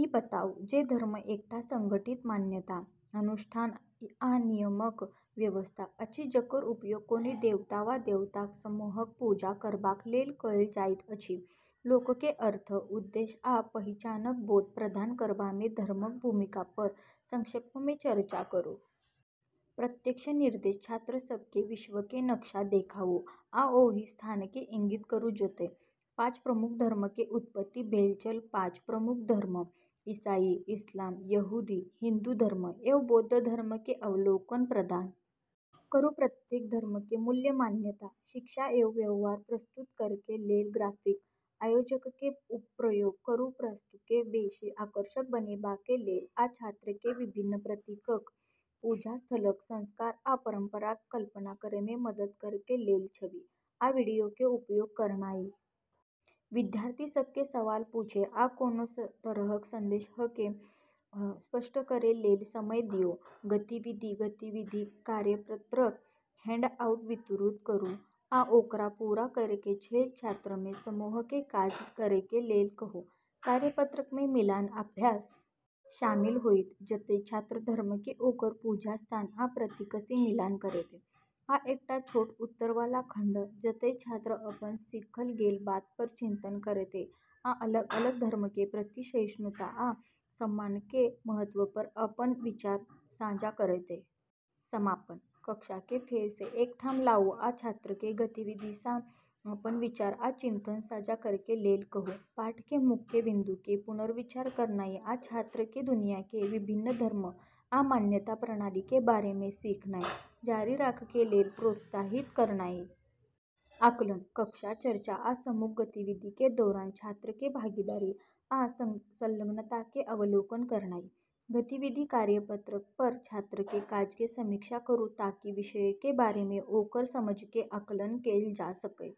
ई बताउ जे धर्म एकटा संगठित मान्यता, अनुष्ठान आ नियमक व्यवस्था अछि जकर उपयोग कोनो देवता वा देवताक समूहक पूजा करबाक लेल कयल जाइत अछि लोककेँ अर्थ, उद्देश्य आ पहिचानक बोध प्रदान करबामे धर्मक भूमिका पर संक्षेपमे चर्चा करू। प्रत्यक्ष निर्देश: छात्र सबके विश्वके नक्शा देखाउ आ ओहि स्थानके इंगित करू जतय पांच प्रमुख धर्मके उत्पत्ति भेल छल पाँच प्रमुख धर्म – ईसाई, इस्लाम, यहूदी, हिन्दू धर्म एवं बौद्ध धर्मके अवलोकन प्रदान करू प्रत्येक धर्मके मूल मान्यता, शिक्षा एवं व्यवहार प्रस्तुत करैके लेल ग्राफिक आयोजकके प्रयोग करू प्रस्तुतिके बेशी आकर्षक बनेबाके लेल आ छात्रके विभिन्न प्रतीकक, पूजा स्थलक, संस्कार आ परंपराक कल्पना करैमे मदद करैके लेल छवि आ वीडियोके उपयोग करनाइ । विद्यार्थी सबके सवाल पूछै आ कोनो तरहक संदेहके स्पष्ट करै लेल समय दियौ। गतिविधि: गतिविधि कार्यपत्रक हैंडआउट वितरित करू आ ओकरा पूरा करैके लेल छात्रके समूहमे काज करैके लेल कहू। कार्यपत्रकमे मिलान अभ्यास शामिल होइत, जतय छात्र धर्मके ओकर पूजा स्थान या प्रतीकसँ मिलान करतै, आ एकटा छोट उत्तर वाला खंड, जतय छात्र अपन सीखल गेल बात पर चिंतन करतै आ अलग-अलग धर्मके प्रति सहिष्णुता आ सम्मानके महत्व पर अपन विचार साझा करतै । समापन: कक्षाके फेरसँ एक ठाम लाऊ आ छात्रके गतिविधिसँ अपन विचार आ चिंतन साझा करैके लेल कहू। पाठके मुख्य बिन्दुके पुनर्विचार करनाइ आ छात्रके दुनियाके विभिन्न धर्म आ मान्यता प्रणालीके बारेमे सीखनाय जारी राखैके लेल प्रोत्साहित करनाइ । आकलन: कक्षा चर्चा आ समूह गतिविधिके दौरान छात्रके भागीदारी आ संलग्नताके अवलोकन करनाइ । गतिविधि कार्यपत्रक पर छात्रके काजके समीक्षा करूं ताकि विषयके बारेमे ओकर समझके आकलन कैल जा सकय।